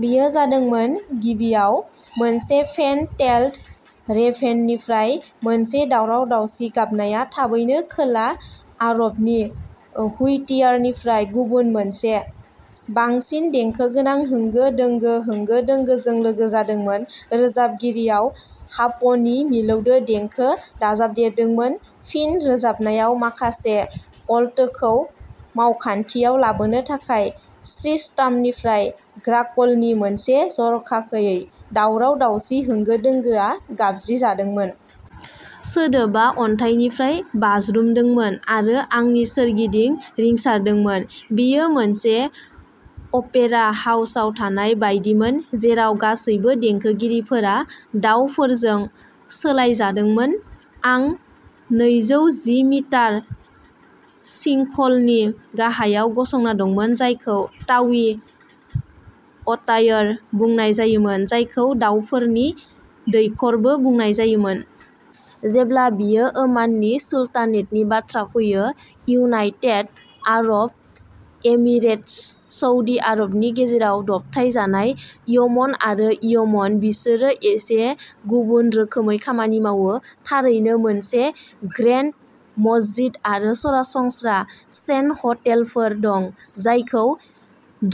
बेयो जादोंमोन। गिबियाव, मोनसे फेन-टेल्ड रेभेननिफ्राय मोनसे दावराव-दावसि गाबनाया थाबैनो खोला आरबनि हुइटियारनिफ्राय गुबुन मोनसे, बांसिन देंखो गोनां, होंगो दोंगो होंगो दोंगोजों लोगो जादोंमोन। रोजाबगिरियाव हाप'नि मिलौदो देंखो दाजाबदेरदोंमोन, फिन रोजाबनायाव, माखासे अल्टोखौ मावखान्थियाव लाबोनो थाखाय, स्रिटामनि ग्राकलनि मोनसे जर'खायै दावराव-दावसि होंगो-दोंगोआ गाबज्रि जादोंमोन। सोदोबआ अन्थाइनिफ्राय बाज्रुमदोंमोन आरो आंनि सोरगिदिं रिंसारदोंमोन। बेयो मोनसे अपेरा हाउसआव थानाय बायदिमोन, जेराव गासैबो देंखोगिरिफोरा दावफोरजों सोलायजादोंमोन। आं नैजौजि मिटार सिंख'लनि गाहायाव गसंना दंमोन जायखौ तावी अतायर बुंनाय जायोमोन, जायखौ दावफोरनि दैखरबो बुंनाय जायोमोन। जेब्ला बेयो ओमाननि सुल्तानेटनि बाथ्रा फैयो-इउनाइटेड आरब एमिरेटस, सउदी आरबनि गेजेराव दबथायजानाय। यमन आरो यमन-बिसोरो एसे गुबुन रोखोमै खामानि मावो। थारैनो, मोनसे ग्रेन्ड मस्जिद आरो सरासनस्रा चेन हटेलफोर दं, जायखौ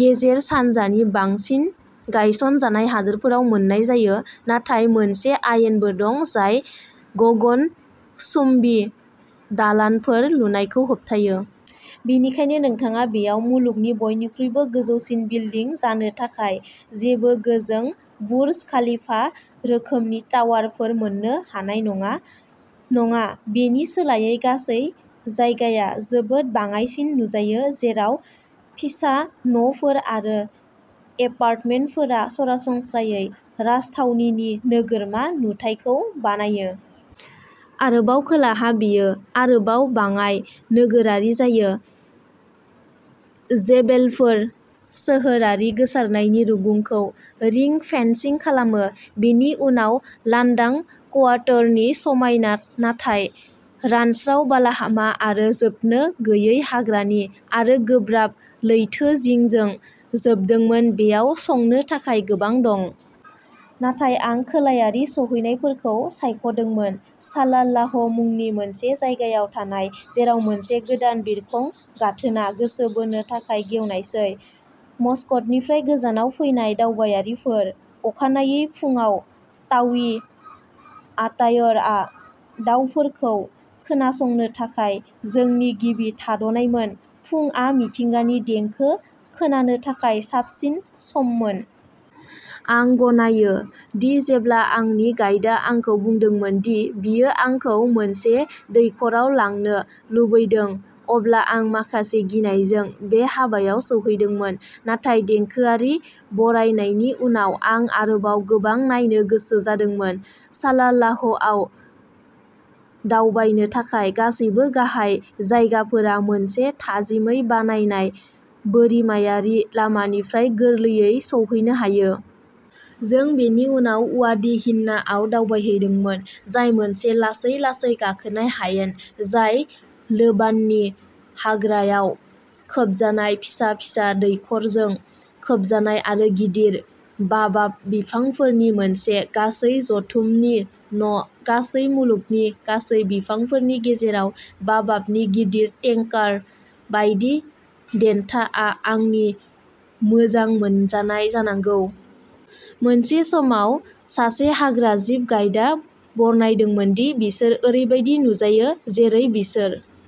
गेजेर सानजानि बांसिन गायसनजानाय हादोरफोराव मोननाय जायो, नाथाय मोनसे आयेनबो दं जाय गगनचुम्बी दालानफोर लुनायखौ होबथायो। बेनिखायनो, नोंथाङा बेयाव मुलुगनि बयनिख्रुइबो गोजौसिन बिल्डिं जानो थाखाय जेबो गोजों बुर्ज खलिफा रोखोमनि टावारफोर मोन्नो हानाय नङा। नङा, बेनि सोलायै, गासै जायगाया जोबोद बाङाइसिन नुजायो, जेराव फिसा न'फोर आरो एपार्टमेन्टफोरा सरासनस्रायै राजथावनिनि नोगोरमा नुथायखौ बानायो। आरोबाव खोलाहा, बेयो आरोबाव बाङाइ नोगोरारि जायो। जेबेलफोर सोहोरारि गोसारनायनि रुगुंखौ रिं-फेन्सिं खालामो, बिनि उनाव लांदां क्वार्टरनि समायना नाथाय रानस्राव बालाहामा आरो जोबनो गैयै हाग्रानि आरो गोब्राब लैथोजिंजों जोबदोंमोन, बेयाव संनो थाखाय गोबां दं। नाथाय आं खोलायारि सौहैनायफोरखौ सायख'दोंमोन, सलालाह मुंनि मोनसे जायगायाव थांनाय, जेराव मोनसे गोदान बिरखं गाथोना गोसो बोनो थाखाय गेवनायसै। मस्कटनिफ्राय गोजानाव फैनाय दावबायारिफोर। अखानायै फुंआव तावी आतायरआव दावफोरखौ खोनासंनो थाखाय जोंनि गिबि थाद'नायमोन-फुंआ मिथिंगानि देंखो खोनानो थाखाय साबसिन सममोन। आं गनायो दि जेब्ला आंनि गाइडा आंखौ बुंदोंमोन दि बियो आंखौ मोनसे दैखराव लांनो लुबैदों, अब्ला आं माखासे गिनायजों बे हाबायाव सौहैदोंमोन, नाथाय देंखोआरि बरायनायनि उनाव, आं आरोबाव गोबां नायनो गोसो जादोंमोन। सालालाहआव दावबायनो थाखाय गासैबो गाहाय जायगाफोरा मोनसे थाजिमै बानायनाय बोरिमायारि लामानिफ्राय गोरलैयै सौहैनो हायो। जों बेनि उनाव वाडी हिन्नाआव दावबायहैदोंमोन, जाय मोनसे लासै-लासै गाखोनाय हायेन, जाय लोबाननि हाग्रायाव खोबजानाय, फिसा फिसा दैखरजों खोबजानाय, आरो गिदिर बाबाब बिफांफोरनि मोनसे गासै जुथुमनि न'। गासै मुलुगनि गासै बिफांफोरनि गेजेराव, बाबाबनि गिदिर टेंकार बायदि देन्थाआ आंनि मोजां मोनजानाय जानांगौ। मोनसे समाव सासे हाग्राजिब गाइदा बरनायदोंमोन दि बिसोर ओरैबायदि नुजायो जेरै बिसोर।